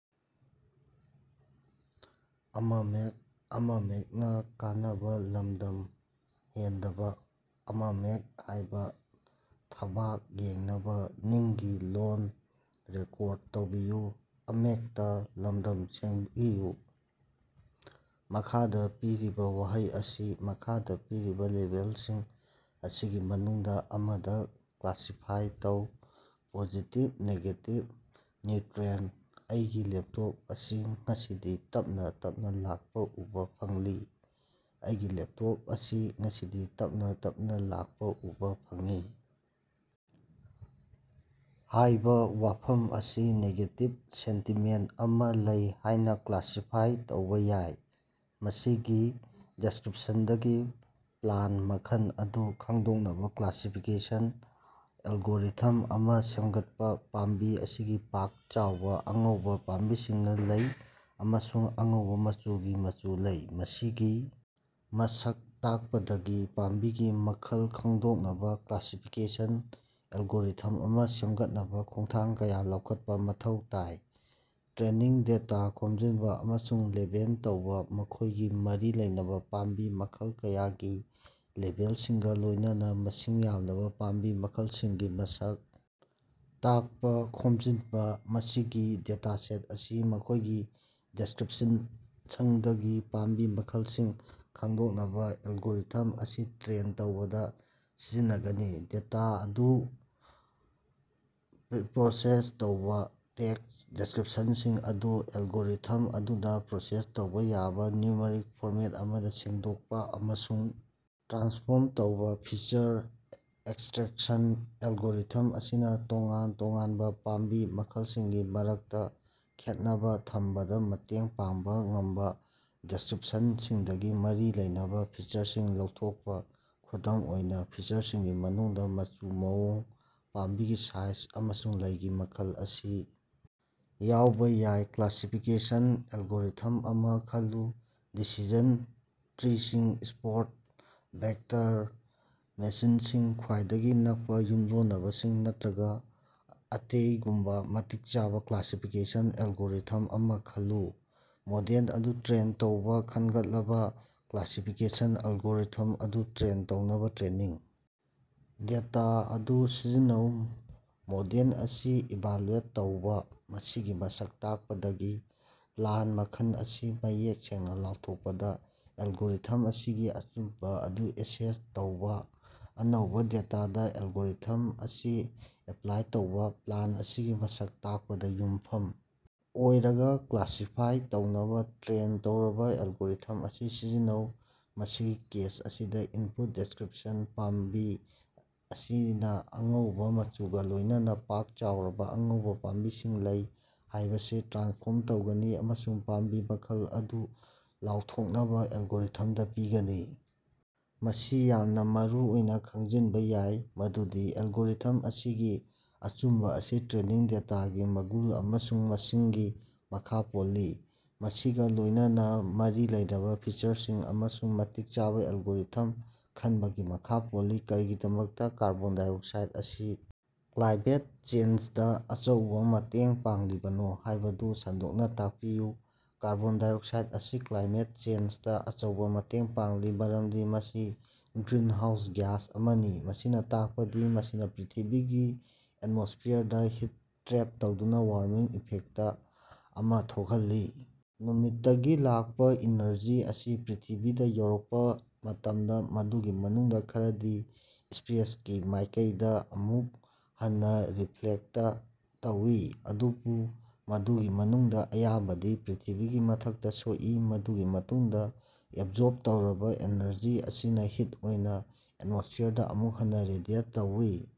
ꯃꯈꯥꯗ ꯄꯤꯔꯤꯕ ꯋꯥꯍꯩ ꯑꯁꯤ ꯃꯈꯥꯗ ꯄꯤꯔꯤꯕ ꯂꯦꯕꯦꯜꯁꯤꯡ ꯑꯁꯤꯒꯤ ꯃꯅꯨꯡꯗ ꯑꯃꯗ ꯀ꯭ꯂꯥꯁꯤꯐꯥꯏ ꯇꯧ: ꯄꯣꯖꯤꯇꯤꯚ, ꯅꯦꯒꯦꯇꯤꯚ, ꯅ꯭ꯌꯨꯇ꯭ꯔꯤꯑꯦꯟꯇ꯫ ꯑꯩꯒꯤ ꯂꯦꯞꯇꯣꯞ ꯑꯁꯤ ꯉꯁꯤꯗꯤ ꯇꯞꯅ- ꯇꯞꯅ ꯂꯥꯛꯄ ꯎꯕ ꯐꯪꯂꯤ꯫ "ꯑꯩꯒꯤ ꯂꯦꯞꯇꯣꯞ ꯑꯁꯤ ꯉꯁꯤꯗꯤ ꯇꯞꯅ- ꯇꯞꯅ ꯂꯥꯛꯄ ꯎꯕ ꯐꯪꯏ" ꯍꯥꯏꯕ ꯋꯥꯐꯝ ꯑꯁꯤ ꯅꯦꯒꯦꯇꯤꯚ ꯁꯦꯟꯇꯤꯃꯦꯟꯠ ꯑꯃ ꯂꯩ ꯍꯥꯏꯅ ꯀ꯭ꯂꯥꯁꯤꯐꯥꯏ ꯇꯧꯕ ꯌꯥꯏ꯫ ꯃꯁꯤꯒꯤ ꯗꯤꯁꯀ꯭ꯔꯤꯞꯁꯟꯗꯒꯤ ꯄ꯭ꯂꯥꯟꯇ ꯃꯈꯜ ꯑꯗꯨ ꯈꯪꯗꯣꯛꯅꯕ ꯀ꯭ꯂꯥꯁꯤꯐꯤꯀꯦꯁꯟ ꯑꯦꯜꯒꯣꯔꯤꯊꯝ ꯑꯃ ꯁꯦꯝꯒꯠꯄ ꯄꯥꯝꯕꯤ ꯑꯁꯤꯒꯤ ꯄꯥꯛ-ꯆꯥꯎꯕ ꯑꯉꯧꯕ ꯄꯥꯝꯕꯤꯁꯤꯡ ꯂꯩ ꯑꯃꯁꯨꯡ ꯑꯉꯧꯕ ꯃꯆꯨꯒꯤ ꯃꯆꯨ ꯂꯩ꯫ ꯃꯁꯤꯒꯤ ꯃꯁꯛ ꯇꯥꯛꯄꯗꯒꯤ ꯄꯥꯝꯕꯤꯒꯤ ꯃꯈꯜ ꯈꯪꯗꯣꯛꯅꯕ ꯀ꯭ꯂꯥꯁꯤꯐꯤꯀꯦꯁꯟ ꯑꯦꯜꯒꯣꯔꯤꯊꯝ ꯑꯃ ꯁꯦꯝꯒꯠꯅꯕ ꯈꯣꯡꯊꯥꯡ ꯀꯌꯥ ꯂꯧꯈꯠꯄ ꯃꯊꯧ ꯇꯥꯏ꯫ ꯇ꯭ꯔꯦꯅꯤꯡ ꯗꯦꯇꯥ ꯈꯣꯝꯖꯤꯟꯕ ꯑꯃꯁꯨꯡ ꯂꯦꯕꯦꯜ ꯇꯧꯕ: ꯃꯈꯣꯏꯒꯤ ꯃꯔꯤ ꯂꯩꯅꯕ ꯄꯥꯝꯕꯤ ꯃꯈꯜ ꯀꯌꯥꯒꯤ ꯂꯦꯕꯦꯜꯁꯤꯡꯒ ꯂꯣꯏꯅꯅ ꯃꯁꯤꯡ ꯌꯥꯝꯂꯕ ꯄꯥꯝꯕꯤ ꯃꯈꯜꯁꯤꯡꯒꯤ ꯃꯁꯛ ꯇꯥꯛꯄ ꯈꯣꯝꯖꯤꯟꯕ꯫ ꯃꯁꯤꯒꯤ ꯗꯦꯇꯥꯁꯦꯠ ꯑꯁꯤ ꯃꯈꯣꯏꯒꯤ ꯗꯤꯁꯀ꯭ꯔꯤꯞꯁꯟꯁꯤꯡꯗꯒꯤ ꯄꯥꯝꯕꯤ ꯃꯈꯜꯁꯤꯡ ꯈꯪꯗꯣꯛꯅꯕ ꯑꯦꯜꯒꯣꯔꯤꯊꯝ ꯑꯁꯤ ꯇ꯭ꯔꯦꯟ ꯇꯧꯕꯗ ꯁꯤꯖꯤꯟꯅ ꯒꯅꯤ꯫ ꯗꯦꯇꯥ ꯑꯗꯨ ꯄ꯭ꯔꯤꯄ꯭ꯔꯣꯁꯦꯁ ꯇꯧꯕ: ꯇꯦꯛꯁ ꯗꯤꯁꯀ꯭ꯔꯤꯞꯁꯟꯁꯤꯡ ꯑꯗꯨ ꯑꯦꯜꯒꯣꯔꯤꯊꯝ ꯑꯗꯨꯅ ꯄ꯭ꯔꯣꯁꯦꯁ ꯇꯧꯕ ꯌꯥꯕ ꯅ꯭ꯌꯨꯃꯔꯤꯛ ꯐꯣꯔꯃꯦꯠ ꯑꯃꯗ ꯁꯦꯡꯗꯣꯛꯄ ꯑꯃꯁꯨꯡ ꯇ꯭ꯔꯥꯟꯁꯐꯣꯔꯝ ꯇꯧꯕ꯫ ꯐꯤꯆꯔ ꯑꯦꯛꯁꯇ꯭ꯔꯦꯛꯁꯟ: ꯑꯦꯜꯒꯣꯔꯤꯊꯝ ꯑꯁꯤꯅ ꯇꯣꯉꯥꯟ -ꯇꯣꯉꯥꯟꯕ ꯄꯥꯝꯕꯤ ꯃꯈꯜꯁꯤꯡꯒꯤ ꯃꯔꯛꯇ ꯈꯦꯠꯅꯕ ꯊꯝꯕꯗ ꯃꯇꯦꯡ ꯄꯥꯡꯕ ꯉꯝꯕ ꯗꯤꯁꯀ꯭ꯔꯤꯞꯁꯟꯁꯤꯡꯗꯒꯤ ꯃꯔꯤ ꯂꯩꯅꯕ ꯐꯤꯆꯔꯁꯤꯡ ꯂꯧꯊꯣꯛꯄ꯫ ꯈꯨꯗꯝ ꯑꯣꯏꯅ, ꯐꯤꯆꯔꯁꯤꯡꯒꯤ ꯃꯅꯨꯡꯗ ꯃꯆꯨ, ꯃꯑꯣꯡ, ꯄꯥꯝꯕꯤꯒꯤ ꯁꯥꯏꯖ ꯑꯃꯁꯨꯡ ꯂꯩꯒꯤ ꯃꯈꯜ ꯑꯁꯤ ꯌꯥꯎꯕ ꯌꯥꯏ꯫ ꯀ꯭ꯂꯥꯁꯤꯐꯤꯀꯦꯁꯟ ꯑꯦꯜꯒꯣꯔꯤꯊꯝ ꯑꯃ ꯈꯜꯂꯨ ꯗꯤꯁꯤꯖꯟ ꯇ꯭ꯔꯤꯁꯤꯡ, ꯁꯄꯣꯔꯠ ꯚꯦꯛꯇꯔ ꯃꯦꯁꯤꯟꯁꯤꯡ, ꯈ꯭ꯋꯥꯏꯗꯒꯤ ꯅꯛꯄ ꯌꯨꯝꯂꯣꯟꯅꯕꯁꯤꯡ ꯅꯠꯇ꯭ꯔꯒ ꯑꯇꯦꯒꯨꯝꯕ ꯃꯇꯤꯛ ꯆꯥꯕ ꯀ꯭ꯂꯥꯁꯤꯐꯤꯀꯦꯁꯟ ꯑꯦꯜꯒꯣꯔꯤꯊꯝ ꯑꯃ ꯈꯜꯂꯨ꯫ ꯃꯣꯗꯦꯜ ꯑꯗꯨ ꯇ꯭ꯔꯦꯟ ꯇꯧꯕ: ꯈꯟꯒꯠꯂꯕ ꯀ꯭ꯂꯥꯁꯤꯐꯤꯀꯦꯁꯟ ꯑꯦꯜꯒꯣꯔꯤꯊꯝ ꯑꯗꯨ ꯇ꯭ꯔꯦꯟ ꯇꯧꯅꯕ ꯇ꯭ꯔꯦꯅꯤꯡ ꯗꯦꯇꯥ ꯑꯗꯨ ꯁꯤꯖꯤꯟꯅꯧ꯫ ꯃꯣꯗꯦꯜ ꯑꯁꯤ ꯏꯚꯥꯂꯨꯑꯦꯠ ꯇꯧꯕ: ꯃꯁꯤꯒꯤ ꯃꯁꯛ ꯇꯥꯛꯄꯗꯒꯤ ꯄ꯭ꯂꯥꯟꯇ ꯃꯈꯜ ꯑꯁꯤ ꯃꯌꯦꯛ ꯁꯦꯡꯅ ꯂꯥꯎꯊꯣꯛꯄꯗ ꯑꯦꯜꯒꯣꯔꯤꯊꯝ ꯑꯁꯤꯒꯤ ꯑꯆꯨꯝꯕ ꯑꯗꯨ ꯑꯦꯁꯦꯁ ꯇꯧꯕ꯫ ꯑꯅꯧꯕ ꯗꯦꯇꯥꯗ ꯑꯦꯜꯒꯣꯔꯤꯊꯝ ꯑꯁꯤ ꯑꯦꯞꯂꯥꯏ ꯇꯧꯕ: ꯄ꯭ꯂꯥꯟꯇ ꯑꯁꯤꯒꯤ ꯃꯁꯛ ꯇꯥꯛꯄꯗ ꯌꯨꯝꯐꯝ ꯑꯣꯏꯔꯒ ꯀ꯭ꯂꯥꯁꯤꯐꯥꯏ ꯇꯧꯅꯕ ꯇ꯭ꯔꯦꯟ ꯇꯧꯔꯕ ꯑꯦꯜꯒꯣꯔꯤꯊꯝ ꯑꯁꯤ ꯁꯤꯖꯤꯟꯅꯧ꯫ ꯃꯁꯤꯒꯤ ꯀꯦꯁ ꯑꯁꯤꯗ ꯏꯟꯄꯨꯠ ꯗꯤꯁꯀ꯭ꯔꯤꯞꯁꯟ 'ꯄꯥꯝꯕꯤ ꯑꯁꯤꯅ ꯑꯉꯧꯕ ꯃꯆꯨꯒ ꯂꯣꯏꯅꯅ ꯄꯥꯛ ꯆꯥꯎꯔꯕ ꯑꯉꯧꯕ ꯄꯥꯝꯕꯤꯁꯤꯡ ꯂꯩ' ꯍꯥꯏꯕꯁꯤ ꯇ꯭ꯔꯥꯟꯁꯐꯣꯔꯝ ꯇꯧꯒꯅꯤ ꯑꯃꯁꯨꯡ ꯄꯥꯝꯕꯤ ꯃꯈꯜ ꯑꯗꯨ ꯂꯥꯎꯊꯣꯛꯅꯕ ꯑꯦꯜꯒꯣꯔꯤꯊꯝꯗ ꯄꯤꯒꯅꯤ꯫ ꯃꯁꯤ ꯌꯥꯝꯅ ꯃꯔꯨꯑꯣꯏꯅ ꯈꯪꯖꯤꯟꯕ ꯌꯥꯏ ꯃꯗꯨꯗꯤ ꯑꯦꯜꯒꯣꯔꯤꯊꯝ ꯑꯁꯤꯒꯤ ꯑꯆꯨꯝꯕ ꯑꯁꯤ ꯇ꯭ꯔꯦꯅꯤꯡ ꯗꯦꯇꯥꯒꯤ ꯃꯒꯨꯟ ꯑꯃꯁꯨꯡ ꯃꯁꯤꯡꯒꯤ ꯃꯈꯥ ꯄꯣꯜꯂꯤ꯫ ꯃꯁꯤꯒ ꯂꯣꯏꯅꯅ ꯃꯔꯤ ꯂꯩꯅꯕ ꯐꯤꯆꯔꯁꯤꯡ ꯑꯃꯁꯨꯡ ꯃꯇꯤꯛ ꯆꯥꯕ ꯑꯦꯜꯒꯣꯔꯤꯊꯝ ꯈꯟꯕꯒꯤ ꯃꯈꯥ ꯄꯣꯜꯂꯤ꯫ ꯀꯔꯤꯒꯤꯗꯃꯛꯇ ꯀꯥꯔꯕꯣꯟ -ꯗꯥꯏꯑꯣꯛꯁꯥꯏꯗ ꯑꯁꯤ ꯀ꯭ꯂꯥꯏꯃꯦꯠ ꯆꯦꯟꯖꯗ ꯑꯆꯧꯕ ꯃꯇꯦꯡ ꯄꯥꯡꯂꯤꯕꯅꯣ ꯍꯥꯏꯕꯗꯨ ꯁꯟꯗꯣꯛꯅ ꯇꯥꯛꯄꯤꯌꯨ꯫ ꯀꯥꯔꯕꯣꯟ ꯗꯥꯏꯑꯣꯛꯁꯥꯏꯗ ꯑꯁꯤ ꯀ꯭ꯂꯥꯏꯃꯦꯠ ꯆꯦꯟꯖꯇ ꯑꯆꯧꯕ ꯃꯇꯦꯡ ꯄꯥꯡꯂꯤ ꯃꯔꯝꯗꯤ ꯃꯁꯤ ꯒ꯭ꯔꯤꯟꯍꯥꯎꯁ ꯒ꯭ꯌꯥꯁ ꯑꯃꯅꯤ꯫ ꯃꯁꯤꯅ ꯇꯥꯛꯄꯗꯤ ꯃꯁꯤꯅ ꯄ꯭ꯔꯤꯊꯤꯕꯤꯒꯤ ꯑꯦꯠꯃꯣꯁ꯭ꯐꯤꯌꯔꯗ ꯍꯤꯠ ꯇ꯭ꯔꯦꯞ ꯇꯧꯗꯨꯅ ꯋꯥꯔꯃꯤꯡ ꯏꯐꯦꯛꯇ ꯑꯃ ꯊꯣꯛꯍꯜꯂꯤ꯫ ꯅꯨꯃꯤꯠꯇꯒꯤ ꯂꯥꯛꯄ ꯏꯅꯔꯖꯤ ꯑꯁꯤ ꯄ꯭ꯔꯤꯊꯤꯕꯤꯗ ꯌꯧꯔꯛꯄ ꯃꯇꯝꯗ, ꯃꯗꯨꯒꯤ ꯃꯅꯨꯡꯗ ꯈꯔꯗꯤ ꯁ꯭ꯄꯦꯁꯀꯤ ꯃꯥꯏꯀꯩꯗ ꯑꯃꯨꯛ ꯍꯟꯅ ꯔꯤꯐ꯭ꯂꯦꯛꯇ ꯇꯧꯏ꯫ ꯑꯗꯨꯕꯨ ꯃꯗꯨꯒꯤ ꯃꯅꯨꯡꯗ ꯑꯌꯥꯝꯕꯗꯤ ꯄ꯭ꯔꯤꯊꯤꯕꯤꯒꯤ ꯃꯊꯛꯇ ꯁꯣꯛꯏ꯫ ꯃꯗꯨꯒꯤ ꯃꯇꯨꯡꯗ ꯑꯦꯕꯁꯣꯔꯕ ꯇꯧꯔꯕ ꯑꯦꯅꯔꯖꯤ ꯑꯁꯤꯅ ꯍꯤꯠ ꯑꯣꯏꯅ ꯑꯦꯠꯃꯣꯁ꯭ꯐꯤꯌꯔꯗ ꯑꯃꯨꯛ ꯍꯟꯅ ꯔꯦꯗꯤꯑꯦꯠ ꯇꯧꯏ꯫